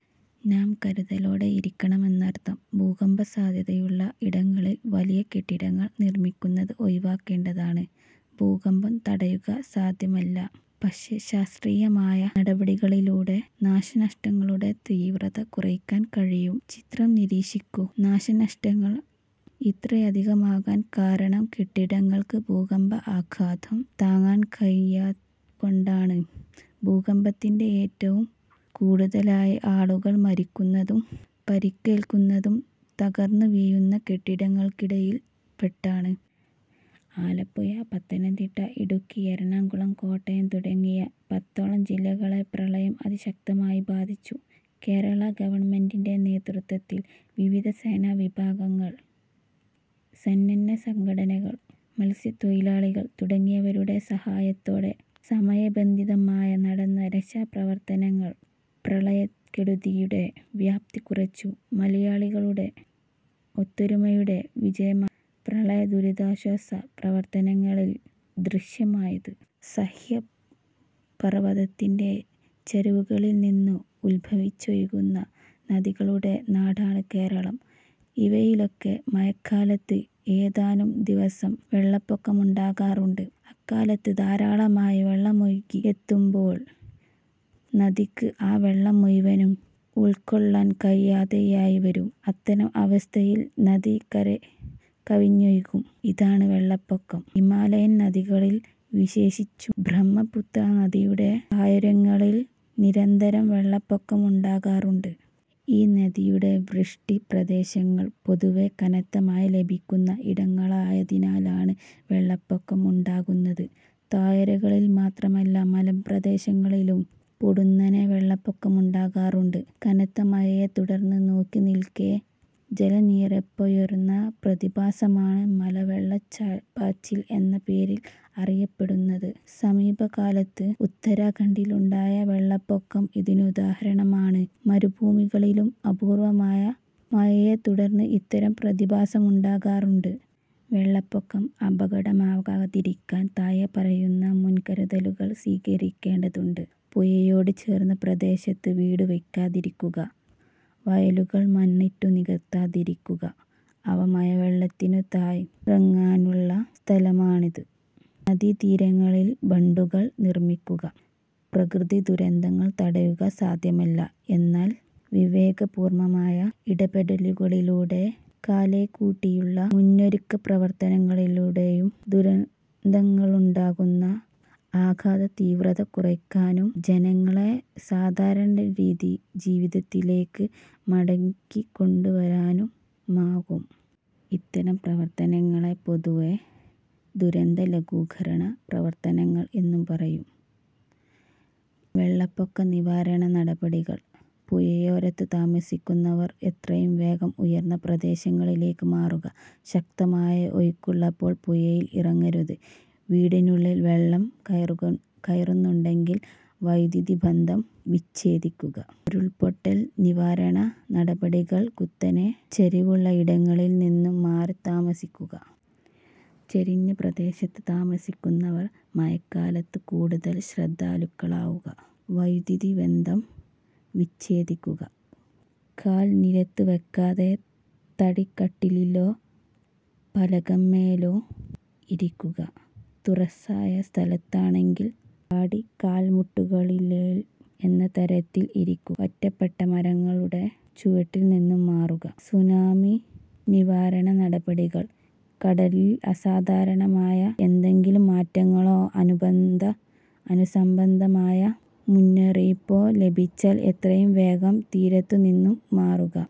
നാം കരുതലോടെ ഇരിക്കണമെന്നർഥം. ഭൂകമ്പസാധ്യതയുള്ള ഇടങ്ങളിൽ വലിയ കെട്ടിടങ്ങൾ നിർമിക്കുന്നത് ഒഴിവാക്കേണ്ടതാണ്. ഭൂകമ്പം തടയുക സാധ്യമല്ല. പക്ഷേ, ശാസ്ത്രീയമായ നടപടികളിലൂടെ നാശനഷ്ടങ്ങളുടെ തീവ്രത കുറയ്ക്കാൻ കഴിയും. ചിത്രം നിരീക്ഷിക്കൂ. നാശനഷ്ടങ്ങൾ ഇത്രയധികമാകാൻ കാരണം കെട്ടിടങ്ങൾക്ക് ഭൂകമ്പ ആഘാതം താങ്ങാൻ കഴിയാഞ്ഞതുകൊണ്ടാണ്. ഭൂകമ്പത്തിൽ ഏറ്റവും കൂടുതലായി ആളുകൾ മരിക്കുന്നതും പരിക്കേൽക്കുന്നതും തകർന്നു വീഴുന്ന കെട്ടിടങ്ങൾക്കിടയിൽ പെട്ടാണ്. ആലപ്പുഴ, പത്തനംതിട്ട, ഇടുക്കി, എറണാകുളം, കോട്ടയം തുടങ്ങി പത്തോളം ജില്ലകളെ പ്രളയം അതിശക്തമായി ബാധിച്ചു. കേരളാ ഗവൺമെന്റിന്റെ നേതൃത്വത്തിൽ വിവിധ സേനാ വിഭാഗങ്ങൾ, സന്നദ്ധ സംഘടനകൾ, മത്സ്യത്തൊഴിലാളികൾ തുടങ്ങിയവരുടെ സഹായത്തോടെ സമയ ബന്ധിതമായി നടന്ന രക്ഷാ പ്രവർത്തനങ്ങൾ പ്രളയക്കെടുതിയുടെ വ്യാപ്തി കുറച്ചു. മലയാളിയുടെ ഒത്തൊരുമയുടെ വിജയമായിരുന്നു പ്രളയ ദുരിതാശ്വാസ പ്രവർത്തനങ്ങളിൽ ദൃശ്യമായത്. സഹ്യപർവതത്തിന്റെ ചരിവുകളിൽനിന്ന് ഉദ്ഭവിച്ചൊഴുകുന്ന നദികളുടെ നാടാണ് കേരളം. ഇവയിലൊക്കെ മഴക്കാലത്ത് ഏതാനും ദിവസം വെള്ളപ്പൊക്കമുണ്ടാകാറുണ്ട്. മഴക്കാലത്ത് ധാരാളമായി വെള്ളമൊഴുകിയെത്തുമ്പോൾ നദിക്ക് ആ വെള്ളം മുഴുവനും ഉൾക്കൊള്ളാൻ കഴിയാതെവരും. അത്തരം അവസ്ഥയിൽ നദി കരകവിഞ്ഞൊഴുകും. ഇതാണ് വെള്ളപ്പൊക്കം. ഹിമാലയൻ നദികളിൽ, വിശേഷിച്ചും ബ്രഹ്മപുത്രാ നദിയുടെ താഴ്വാരങ്ങളിൽ നിരന്തരം വെള്ളപ്പൊക്കമുണ്ടാകാറുണ്ട്. ഈ നദിയുടെ വൃഷ്ടി പ്രദേശങ്ങൾ പൊതുവെ കനത്ത മഴ ലഭിക്കുന്ന ഇടങ്ങളായതിനാലാണ് വെള്ളപ്പൊക്കം ഉണ്ടാകുന്നത്. താഴ്വാരങ്ങളിൽ മാത്രമല്ല, മലമ്പ്രദേശങ്ങളിലും പൊടുന്നനെ വെള്ളപ്പൊക്കമുണ്ടാകാറുണ്ട്. കനത്ത മഴയെത്തുടർന്ന് നോക്കിനിൽക്കെ ജലനിരപ്പുയരുന്ന പ്രതിഭാസമാണ് മലവെള്ളപ്പാച്ചിൽ എന്ന പേരിൽ അറിയപ്പെടുന്നത്. സമീപകാലത്ത് ഉത്തരാഖണ്ഡിലുണ്ടായ വെള്ളപ്പൊക്കം ഇതിനുദാഹരണമാണ്. മരുഭൂമികളിലും അപൂർവമായ മഴയെത്തുടർന്ന് ഇത്തരം പ്രതിഭാസമുണ്ടാകാറുണ്ട്. വെള്ളപ്പൊക്കം അപകടമാവാതിരിക്കാൻ താഴെ പറയുന്ന മുൻകരുതലുകൾ സ്വീകരിക്കേണ്ടതുണ്ട്. പുഴയോടുചേർന്ന പ്രദേശത്ത് വീടുവയ്ക്കാതിരിക്കുക. വയലുകൾ മണ്ണിട്ടു നികത്താതിരിക്കുക, അവ മഴവെള്ളത്തിനു താഴ്ന്നിറങ്ങാനുള്ള സ്ഥലമാണ്. നദീതീരങ്ങളിൽ ബണ്ടുകൾ നിർമിക്കുക. പ്രകൃതിദുരന്തങ്ങൾ തടയുക സാധ്യമല്ല. എന്നാൽ വിവേകപൂർവമായ ഇടപെടലുകളിലൂടെയും കാലേക്കൂട്ടിയുള്ള മുന്നൊരുക്ക പ്രവർത്തനങ്ങളിലൂടെയും ദുരന്തങ്ങളുണ്ടാക്കുന്ന ആഘാതതീവ്രത കുറയ്ക്കാനും ജനങ്ങളെ സാധാരണജീവിതത്തിലേക്കു മടക്കിക്കൊണ്ടുവരാനുമാവും. ഇത്തരം പ്രവർത്തനങ്ങളെ പൊതുവേ ദുരന്തലഘൂകരണ പ്രവർത്തനങ്ങൾ എന്നു പറയാം. വെള്ളപ്പൊക്ക നിവാരണ നടപടികൾ: പുഴയോരത്തു താമസിക്കുന്നവർ എത്രയും വേഗം ഉയർന്ന പ്രദേശങ്ങളിലേക്കു മാറുക. ശക്തമായ ഒഴുക്കുള്ളപ്പോൾ പുഴയിൽ ഇറങ്ങരുത്. വീടിനുള്ളിൽ വെള്ളം കയറുന്നുണ്ടെങ്കിൽ വൈദ്യുതിബന്ധം വിച്ഛേദിക്കുക. ഉരുൾപൊട്ടൽ നിവാരണ നടപടികൾ കുത്തനെ ചരിവുള്ള ഇടങ്ങളിൽനിന്നു മാറിത്താമസിക്കുക. ചരിഞ്ഞ പ്രദേത്ത് താമസിക്കുന്നവർ മഴക്കാലത്ത് കൂടുതൽ ശ്രദ്ധാലുക്കളാകുക. വൈദ്യുതിബന്ധം വിച്ഛേദിക്കുക. കാൽ നിലത്തു തൊടാതെ തടിക്കട്ടിലിലോ പലക മേലോ ഇരിക്കുക. തുറസ്സായ സ്ഥലത്താണെങ്കിൽ താടി കാൽമുട്ടുകളിന്മേൽ എന്ന തരത്തിൽ ഇരിക്കുക. ഒറ്റപ്പെട്ട മരങ്ങളുടെ ചുവട്ടിൽ നിന്നു മാറുക. സുനാമി നിവാരണ നടപടികൾ: കടലിൽ അസാധാരണമായ എന്തെങ്കിലും മാറ്റങ്ങളോ അതുസംബന്ധമായ മുന്നറിയിപ്പോ ലഭിച്ചാൽ എത്രയും വേഗം തീരത്തുനിന്നു മാറുക.